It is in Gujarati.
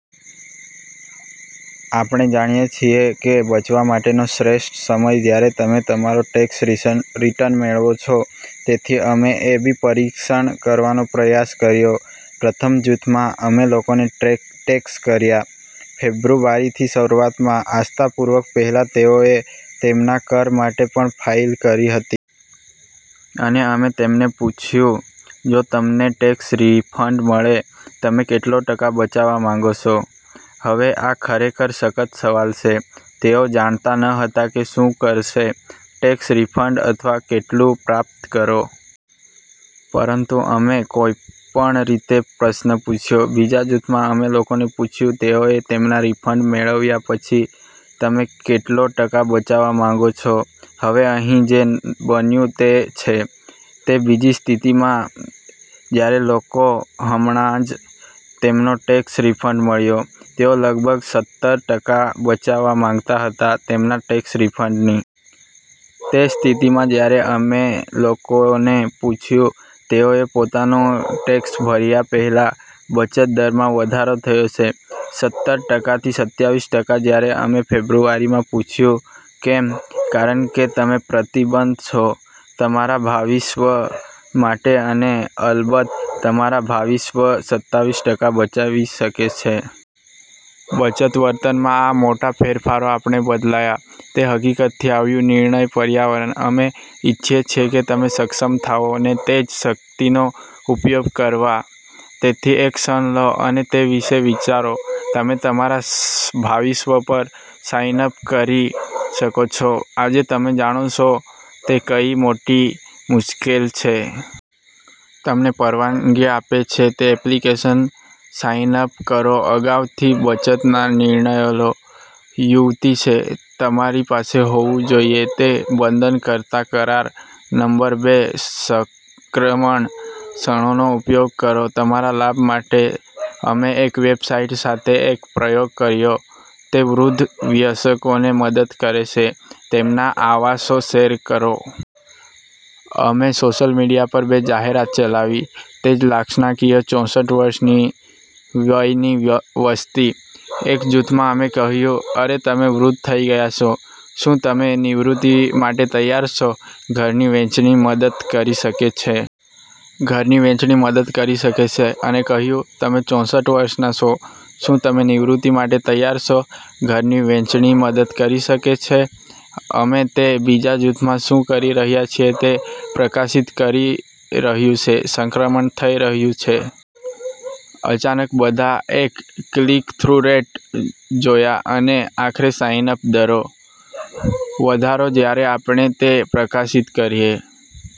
આપણે જાણીએ છીએ કે બચવા માટેનો શ્રેષ્ઠ સમયજ્યારે તમે તમારો ટેક્સ રીસન રીટર્ન મેળવો છો. તેથી અમે એ બી પરીક્ષણ કરવાનો પ્રયાસ કર્યો. પ્રથમ જૂથમાં, અમે લોકોને ટેક્સ્ટ કર્યાં ફેબ્રુઆરીની શરૂઆતમાં, આસ્થાપૂર્વક પહેલાં તેઓએ તેમના કર માટે પણ ફાઇલ કરી હતી. અને અમે તેમને પૂછ્યું, "જો તમને ટેક્સ રિફંડ મળે, તમે કેટલો ટકા બચાવવા માંગો છો? " હવે આ ખરેખર સખત સવાલ છે. તેઓ જાણતા ન હતા કે શું કરશે ટેક્સ રિફંડ અથવા કેટલું પ્રાપ્ત કરો. પરંતુ અમે કોઈપણ રીતે પ્રશ્ન પૂછ્યો. બીજા જૂથમાં, અમે લોકોને પૂછ્યું તેઓએ તેમના રિફંડ મેળવ્યા પછી, "તમે કેટલો ટકા બચાવવા માંગો છો? " હવે, અહીં જે બન્યું તે છે. તે બીજી સ્થિતિમાં, જ્યારે લોકો હમણાં જ તેમનો ટેક્સ રિફંડ મળ્યો, તેઓ લગભગ સતર ટકા બચાવવા માંગતા હતા તેમના ટેક્સ રિફંડની. તે સ્થિતિમાં જ્યારે અમે લોકોને પૂછ્યું તેઓએ પોતાનો ટેક્સ ભર્યા પહેલા, બચત દરમાં વધારો થયો છે સતર ટકાથી સત્યાવીસ ટકા જ્યારે અમે ફેબ્રુઆરીમાં પૂછ્યું. કેમ? કારણ કે તમે પ્રતિબદ્ધ છો તમારા ભાવિ સ્વ માટે, અને અલબત્ત તમારા ભાવિ સ્વ સત્યાવીસ ટકા બચાવી શકે છે. બચત વર્તનમાં આ મોટા ફેરફારો આપણે બદલાયા તે હકીકતથી આવ્યું નિર્ણય પર્યાવરણ. અમે ઇચ્છીએ છીએ કે તમે સક્ષમ થાઓ તે જ શક્તિનો ઉપયોગ કરવા. તેથી એક ક્ષણ લો અને તે વિશે વિચારો તમે તમારા ભાવિ સ્વ પર સાઇન અપ કરી શકો છો આજે તમે જાણો છો તે કઈ માટે થોડી મુશ્કેલ હશે. તમને પરવાનગી આપે છે તે એપ્લિકેશન માટે સાઇન અપ કરોઅગાઉથી બચતનાં નિર્ણયો લો. યુક્તિ છે, તમારી પાસે હોવું જોઈએ તે બંધનકર્તા કરાર. નંબર બે: સંક્રમણ ક્ષણોનો ઉપયોગ કરો તમારા લાભ માટે. અમે એક વેબસાઇટ સાથે એક પ્રયોગ કર્યો તે વૃદ્ધ વયસ્કોને મદદ કરે છે તેમના આવાસો શેર કરો. અમે સોશિયલ મીડિયા પર બે જાહેરાત ચલાવી તે જ લક્ષ્યાંકિત ચોસઠ વર્ષની વયની વસ્તી. એક જૂથમાં, અમે કહ્યું, "અરે, તમે વૃદ્ધ થઈ રહ્યા છો. શું તમે નિવૃત્તિ માટે તૈયાર છો? ઘરની વહેંચણી મદદ કરી શકે છે. " ઘરની વહેંચણી મદદ કરી શકે છે. " અને કહ્યું, "તમે ચોસઠ વર્ષના છો. શું તમે નિવૃત્તિ માટે તૈયાર છો? ઘરની વહેંચણી મદદ કરી શકે છે. " અમે તે બીજા જૂથમાં શું કરી રહ્યા છીએ તે પ્રકાશિત કરી રહ્યું છે સંક્રમણ થઈ રહ્યું છે. અચાનક બધા અમે ક્લિક-થ્રુ રેટ જોયા, અને આખરે સાઇન અપ દરો, વધારો જ્યારે આપણે તે પ્રકાશિત કરીએ.